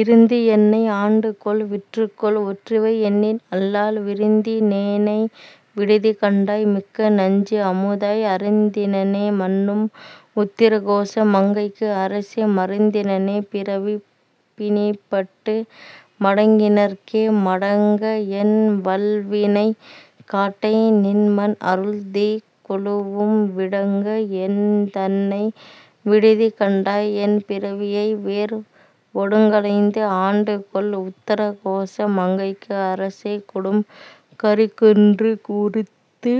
இருந்து என்னை ஆண்டுகொள் விற்றுக்கொள் ஒற்றிவை என்னின் அல்லால் விருந்தினனேனை விடுதி கண்டாய் மிக்க நஞ்சு அமுதாய் அருந்தினனே மன்னும் உத்திரகோச மங்கைக்கு அரசே மருந்தினனே பிறவிப் பிணிப்பட்டு மடங்கினர்க்கே. மடங்கஎன் வல்வினைக் காட்டை நின்மன் அருள் தீக் கொளுவும் விடங்க என்தன்னை விடுதிகண்டாய் என் பிறவியை வேர் ஒடுங்களைந்து ஆண்டுகொள் உத்தரகோச மங்கைக்கு அரசே கொடும் கரிக்குன்று உரித்து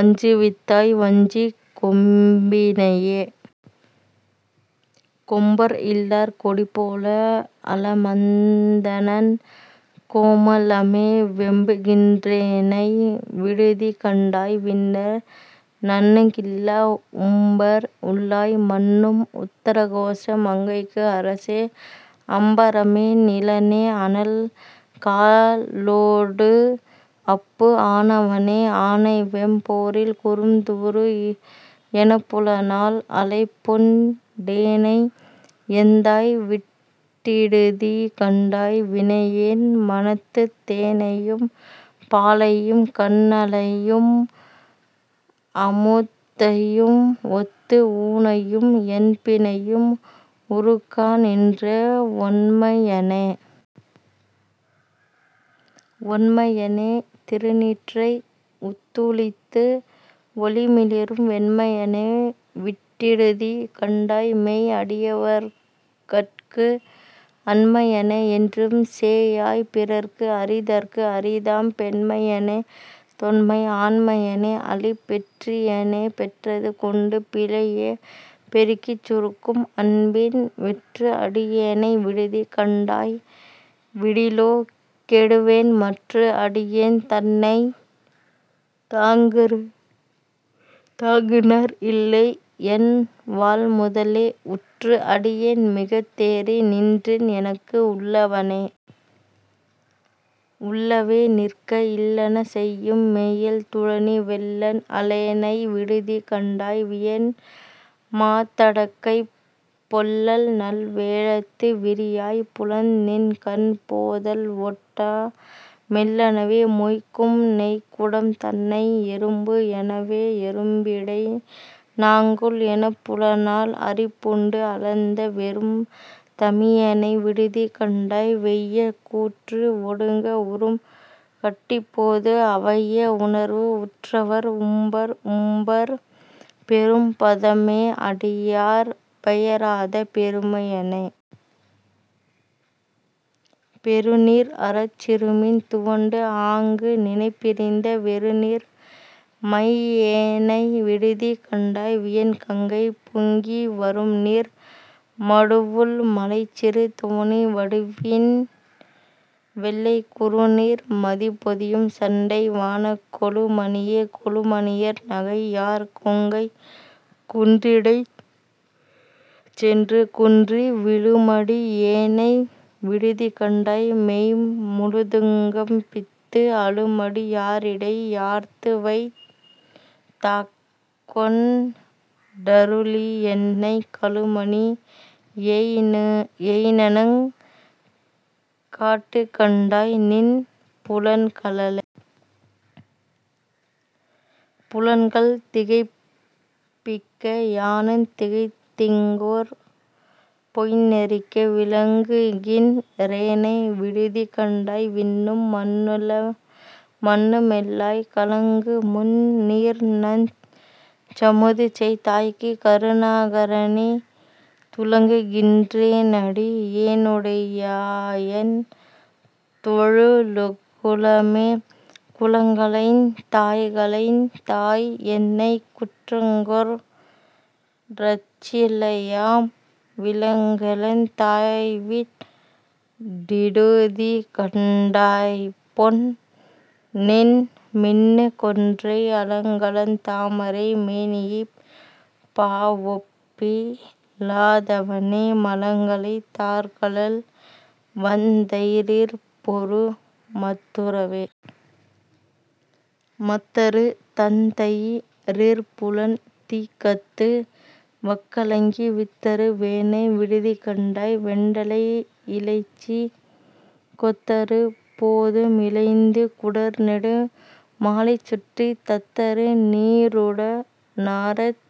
அஞ்சுவித்தாய் வஞ்சிக் கொம்பினையே. கொம்பர் இல்லாக் கொடிபோல அலமந்தனன் கோமளமே வெம்புகின்றேனை விடுதிகண்டாய் விண்ணர் நண்ணுகில்லா உம்பர் உள்ளாய் மன்னும் உத்தரகோச மங்கைக்கு அரசே அம்பரமே நிலனே அனல் காலொடு அப்பு ஆனவனே. ஆனைவெம் போரில் குறும் தூறு எனப்புலனால் அலைப்புண் டேனை எந்தாய் விட்டிடுதி கண்டாய் வினையேன் மனத்துத் தேனையும் பாலையும் கன்னலையும் அமுத்தையும் ஒத்து ஊனையும் என்பினையும் உருக்காநின்ற ஒண்மையனே. ஒண்மையனே திருநீற்றை உத்தூளித்து ஒளி மிளிரும் வெண்மையனே விட்டிடுதி கண்டாய் மெய் அடியவர்கட்கு அண்மையனே என்றும் சேயாய் பிறர்க்கு அறிதற்கு அரிதாம் பெண்மையனே தொன்மை ஆண்மையனே அலிப் பெற்றியனே. பெற்றது கொண்டு பிழையே பெருக்கிச் சுருக்கும் அன்பின் வெற்று அடியேனை விடுதி கண்டாய் விடிலோ கெடுவேன் மற்று அடியேன் தன்னைத் தாங்குநர் இல்லை என்வாழ்முதலே உற்று அடியேன் மிகத் தேறி நின்றேன் எனக்கு உள்ளவனே. உள்ளவே நிற்க இல்லன செய்யும் மையல் துழனி வெள்ளன் அலேனை விடுதி கண்டாய் வியன் மாத்தடக்கைப் பொள்ளல் நல் வேழத்து விரியாய் புலன் நின் கண் போதல் ஒட்டா மெள்ளனவே மொய்க்கும் நெய்க்குடம் தன்னை எறும்பு எனவே. எறும்பிடை நாங்கூழ் எனப்புலனால் அரிப்புண்டு அலந்த வெறும் தமியேனை விடுதி கண்டாய் வெய்ய கூற்று ஒடுங்க உறும் கடிப்போது அவையே உணர்வு உற்றவர் உம்பர் உம்பர் பெறும் பதமே அடியார் பெயராத பெருமையனே. பெருநீர் அறச் சிறுமீன் துவண்டு ஆங்கு நினைப் பிரிந்த வெருநீர் மையேனை விடுதி கண்டாய் வியன் கங்கை பொங்கி வரும்நீர் மடுவுள் மலைச்சிறு தோணி வடிவின் வெள்ளைக் குருநீர் மதிபொதியும் சடை வானக் கொழு மணியே. கொழுமணியேர் நகை யார்கொங்கைக் குன்றிடைச் சென்றுகுன்றி விழுமடி யேனை விடுதிகண்டாய் மெய்ம் முழுதுங்கம்பித்து அழுமடி யாரிடை யார்த்துவைத் தாட்கொண் டருளியென்னைக் கழுமணி யேயினனுங் காட்டுகண்டாய் நின் புலன்கழலே. புலன்கள் திகைப்பிக்க யானுந் திகைத்திங்கொர் பொய்ந்நெறிக்கே விலங்குகின் றேனை விடுதிகண்டாய் விண்ணும் மண்ணுமெல்லாய் கலங்குமுந் நீர்நஞ் சமுதுசெய் தாய்க்கு கருணாகரனே துலங்குகின்றேனடி யேனுடையாயென் தொழுகுலமே. குலங்களைந் தாய்களைந் தாய்என்னைக் குற்றங்கொற் றச்சிலையாம் விலங்கலெந் தாய்விட் டிடுதிகண்டாய்பொன்னின் மின்னுகொன்றை அலங்கலந் தாமரை மேனியிப் பாவொப்பி லாதவனே மலங்களைத் தாற்கழல் வன்தயிரிற்பொரு மத்துறவே. மத்தறு தண்தயி ரிற்புலன் தீக்கது வக்கலங்கி வித்தறு வேனை விடுதிகண்டாய் வெண்டலையிலைச்சிக் கொத்தறு போது மிலைந்து குடர்நெடு மாலைசுற்றித் தத்தறு நீறுட னாரச்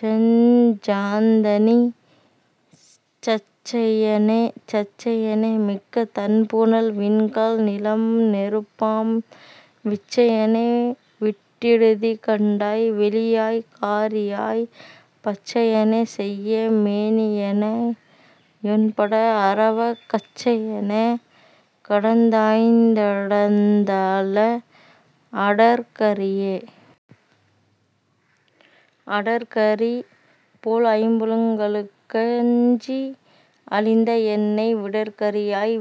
செஞ்சாந்தணி சச்சையனே. சச்சையனே மிக்க தண்புனல் விண்கால் நிலம்நெருப்பாம் விச்சையனே விட்டிடுதிகண்டாய் வெளியாய் கரியாய் பச்சையனே செய்ய மேனியனெ யொண்பட அரவக் கச்சையனே கடந்தாய்தடந்தாள அடற்கரியே. அடற்கரி போல்ஐம்புலன்களுக்கஞ்சி அழிந்த என்னை விடற்கரியாய்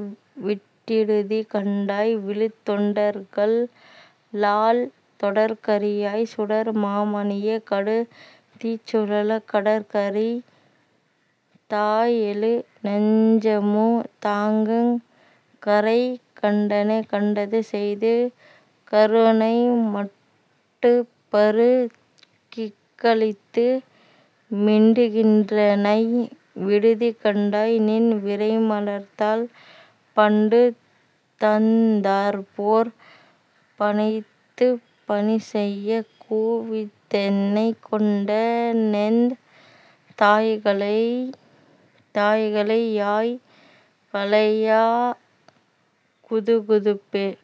விட்டிடுதி கண்டாய் விழுத்தொண்டர்கல்லால் தொடற்கரியாய் சுடர் மாமணியே கடு தீச்சுழலக் கடற்கரி தாயெழு நஞ்சமு தாக்குங் கறைக்கண்டனே. கண்டது செய்து கருணைமட்டுப்பரு கிக்களித்து மிண்டுகின்றேனை விடுதிகண்டாய் நின் விரைமலர்த்தாள் பண்டுதந்தாற்போற் பணித்துப் பணிசெயக் கூவித்தென்னைக் கொண்டெனெந் தாய்களை யாய் களையாய குதுகுதுப்பே.